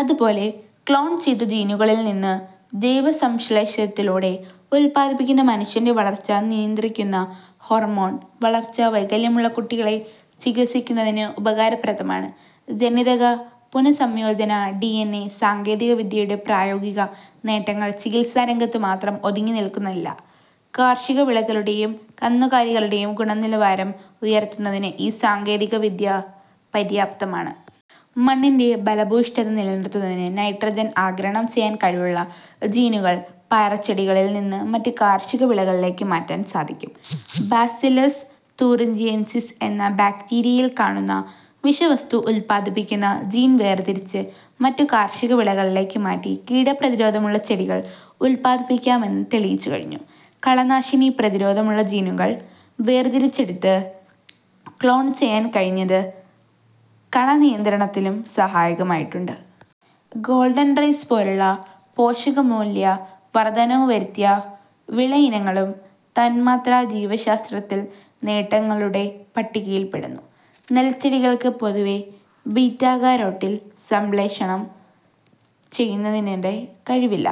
അതുപോലെ ക്ലോൺ ചെയ്ത ജീനുകളിൽ നിന്ന് ജൈവസംശ്ലേഷണത്തിലൂടെ ഉത്പാദിപ്പിക്കുന്ന മനുഷ്യന്റെ വളർച്ച നിയന്ത്രിക്കുന്ന ഹോർമോൺ, വളർച്ചാ വൈകല്യമുള്ള കുട്ടികളെ ചികിത്സിക്കുന്നതിന് ഉപകാരപ്രദമാണ്. ജനിതക പുനഃസംയോജന ഡിഎൻഎ സാങ്കേതികവിദ്യയുടെ പ്രായോഗിക നേട്ടങ്ങൾ ചികിത്സാരംഗത്തു മാത്രം ഒതുങ്ങി നിൽക്കുന്നില്ല. കാർഷികവിളകളുടേയും കന്നുകാലികളുടേയും ഗുണനിലവാരം ഉയർത്തുന്നതിന് ഈ സാങ്കേതികവിദ്യ പര്യാപ്തമാണ്. മണ്ണിന്റെ ഫലഭൂയിഷ്ഠത നിലനിർത്തുന്നതിന് നൈട്രജൻ ആഗിരണം ചെയ്യാൻ കഴിവുള്ള ജീനുകൾ പയർചെടിയിൽ നിന്ന് മറ്റു കാർഷിക വിളകളിലേക്കു മാറ്റാൻ സാധിക്കും. ബാസില്ലസ് തൂറിഞ്ചിയൻസിസ് എന്ന ബാക്ടീരിയയിൽ കാണുന്ന വിഷവസ്തു ഉത്പാദിപ്പിക്കുന്ന ജീൻ വേർതിരിച്ച് മറ്റു കാർഷികവിളകളിലേക്ക് മാറ്റി കീടപ്രതിരോധമുള്ള ചെടികൾ ഉത്പാദിക്കാമെന്ന് തെളിയിച്ചുകഴിഞ്ഞു. കളനാശിനി പ്രതിരോധമുള്ള ജീനുകൾ വേർതിരിച്ചെടുത്ത് ക്ളോൺ ചെയ്യാൻ കഴിഞ്ഞത് കളനിയന്ത്രണത്തിലും സഹായകരമായിട്ടുണ്ട്. ഗോൾഡൻ റൈസ് പോലുള്ള പോഷകമൂല്യ വർധനവ് വരു ത്തിയ വിളയിനങ്ങളും തന്മാത്രാജീവശാസ്ത്രത്തിന്റെ നേട്ടങ്ങളു ടെ പട്ടികയിൽപ്പെടുന്നു. നെൽച്ചെടികൾക്ക് പൊതുവേ ബീറ്റാക രോട്ടിൻ സംശ്ലേഷണം ചെയ്യുന്നതിനുള്ള കഴിവില്ല.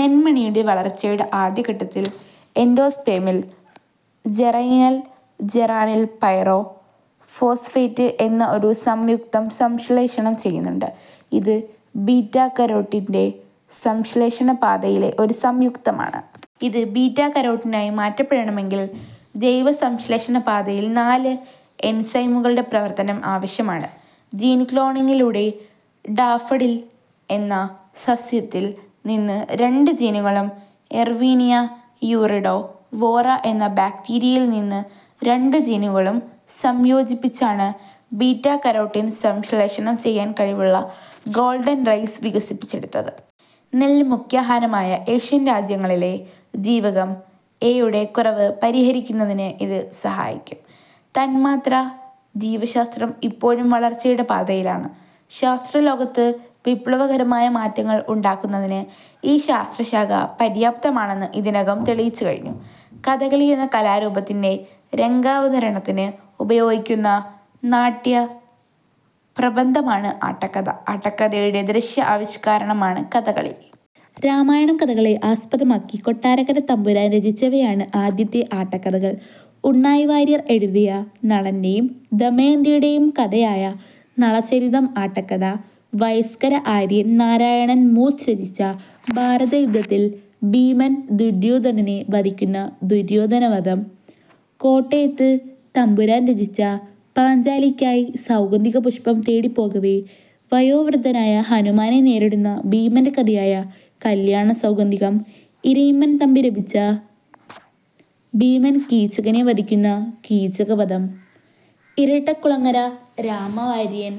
നെന്മണിയുടെ വളർച്ചയുടെ ആദ്യഘട്ടത്തിൽ എൻഡോസ്പേമിൽ ജറൈനൽ ജറാനിൽ പൈറോ ഫോസ്ഫേറ്റ് എന്ന ഒരു സംയുക്തം സംശ്ലേഷണം ചെയ്യുന്നുണ്ട്. ഇത് ബീറ്റാകരോട്ടിന്റെ സംശ്ലേഷണപാത യിലെ ഒരു സംയുക്തമാണ്. ഇത് ബീറ്റാകരോട്ടിനായി മാറ്റപ്പെടണ മെങ്കിൽ ജൈവസംശ്ലേഷണ പാതയിൽ നാല് എൻസൈമുകളുടെ പ്രവർത്തനം ആവശ്യമാണ്. ജീൻ ക്ലോണിങ്ങിലൂടെ ഡാഫഡിൽ എന്ന സസ്യത്തിൽ നിന്ന് രണ്ട് ജീനുകളും എർവീനിയ യൂറിഡോ വോറ എന്ന ബാക്ടീരിയയിൽ നിന്ന് രണ്ട് ജീനുകളും സംയോജി പ്പിച്ചാണ് ബീറ്റാ കരോട്ടിൻ സംശ്ലേഷണം ചെയ്യാൻ കഴിവുള്ള ഗോൾഡൻ റൈസ് വികസിപ്പിച്ചെടുത്തത്. നെല്ല് മുഖ്യാഹാരമായ ഏഷ്യൻ രാജ്യങ്ങളിലെ ജീവകം എ-യുടെ കുറവ് പരിഹരിക്കുന്ന തിന് ഇത് സഹായിക്കും. തന്മാത്രാജീവശാസ്ത്രം ഇപ്പോഴും വളർച്ചയുടെ പാതയിലാണ്. ശാസ്ത്രലോകത്ത് വിപ്ലവകരമായ മാറ്റങ്ങൾ ഉണ്ടാക്കുന്നതിന് ഈ ശാസ്ത്രശാഖ പര്യാപ്തമാണെന്ന് ഇതിനകം തെളിയിച്ചുകഴിഞ്ഞു. കഥകളി എന്ന കലാരൂപത്തിന്റെ രംഗാവതരണത്തിന് ഉപയോഗിക്കുന്ന നാട്യപ്രബന്ധമാണ് ആട്ടക്കഥ. ആട്ടക്കഥയുടെ ദൃശ്യ ആവിഷ്കാരമാണ് കഥകളി. രാമായണം കഥകളെ ആസ്പദമാക്കി കൊട്ടാരക്കര തമ്പുരാൻ രചിച്ചവയാണ് ആദ്യത്തെ ആട്ടക്കഥകൾ. ഉണ്ണായി വാര്യർ എഴുതിയ നളന്റെയും ദമയന്തിയുടെയും കഥയായ നളചരിതം ആട്ടക്കഥ, വയ്സ്കര ആര്യൻ നാരായണൻ മൂസ്സ് രചിച്ച ഭാരതയുദ്ധത്തിൽ ഭീമൻ ദുര്യോധനനെ വധിക്കുന്ന ദുര്യോധനവധം, കോട്ടയത്ത് തമ്പുരാൻ രചിച്ചപാഞ്ചാലിക്കായി സൗഗന്ധികപുഷ്പം തേടി പോകവേ വയോവൃദ്ധനായ ഹനുമാനെ നേരിടുന്ന ഭീമന്റെ കഥയായ കല്യാണസൌഗന്ധികം, ഇരയിമ്മൻ തമ്പി രചിച്ച ഭീമൻ കീചകനെ വധിക്കുന്ന കീചകവധം, ഇരട്ടക്കുളങ്ങര രാമവാര്യർ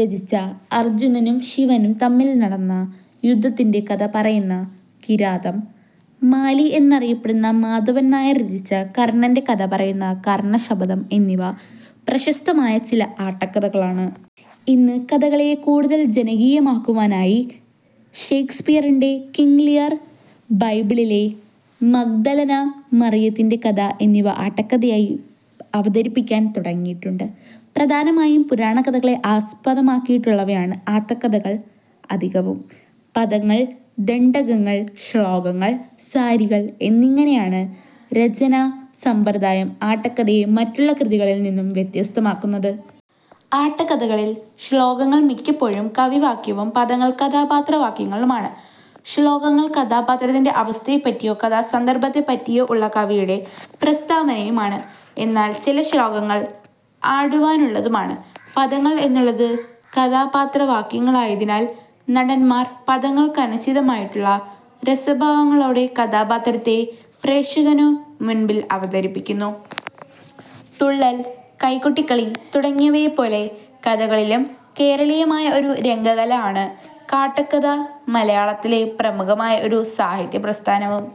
രചിച്ചഅർജ്ജുനനും ശിവനും തമ്മിൽ നടന്ന യുദ്ധത്തിന്റെ കഥ പറയുന്ന കിരാതം, മാലി എന്നറിയപ്പെടുന്ന മാധവൻ നായർ രചിച്ച കർണ്ണന്റെ കഥപറയുന്ന കർണ്ണശപഥം എന്നിവ പ്രശസ്തമായ ചില ആട്ടക്കഥകളാണ്. ഇന്ന് കഥകളിയെ കൂടുതൽ ജനകീയമാക്കുവാനായി ഷേക്സ്പിയറിന്റെ കിംഗ് ലിയർ, ബൈബിളിലെ മഗ്ദലനാ മറിയത്തിന്റെ കഥ എന്നിവ ആട്ടക്കഥയാക്കി അവതരിപ്പിക്കാൻ തുടങ്ങിയിട്ടുണ്ട്. പ്രധാനമായും പുരാണ കഥകളെ ആസ്പദമാക്കിയുള്ളവയാണ് ആട്ടക്കഥകൾ അധികവും. പദങ്ങൾ, ദണ്ഡകങ്ങൾ, ശ്ലോകങ്ങൾ, സാരികൾ, എന്നിങ്ങനെയുള്ള രചനാ സമ്പ്രദായം ആട്ടക്കഥയെ മറ്റുള്ള കൃതികളിൽ നിന്നും വ്യത്യസ്തമാക്കുന്നു. ആട്ടക്കഥകളിൽ ശ്ലോകങ്ങൾ മിക്കപ്പോഴും കവിവാക്യവും പദങ്ങൾ കഥാപാത്രവാക്യങ്ങളുമാണ്. ശ്ലോകങ്ങൾ കഥാപാത്രത്തിന്റെ അവസ്ഥയെപ്പറ്റിയോ കഥാ സന്ദർഭത്തെപ്പറ്റിയോ ഉള്ള കവിയുടെ പ്രസ്താവനയുമാണ്. എന്നാൽ ചില ശ്ലോകങ്ങൾ ആടുവാനുള്ളതുമാണ്. പദങ്ങൾ എന്നുള്ളത് കഥാപാത്രവാക്യങ്ങളായതിനാൽ നടന്മാർ പദങ്ങൾക്കനുചിതമായിട്ടുള്ള രസഭാവങ്ങളോടെ കഥാപാത്രത്തെ പ്രേഷകനു മുൻപിൽ അവതരിപ്പിക്കുന്നു. തുള്ളൽ, കൈകൊട്ടിക്കളി തുടങ്ങിയവയെപ്പോലെ കഥകളിയും കേരളീയമായ ഒരു രംഗകല ആണ്; ആട്ടക്കഥ മലയാളത്തിലെ പ്രമുഖമായ ഒരു സാഹിത്യപ്രസ്ഥാനവും.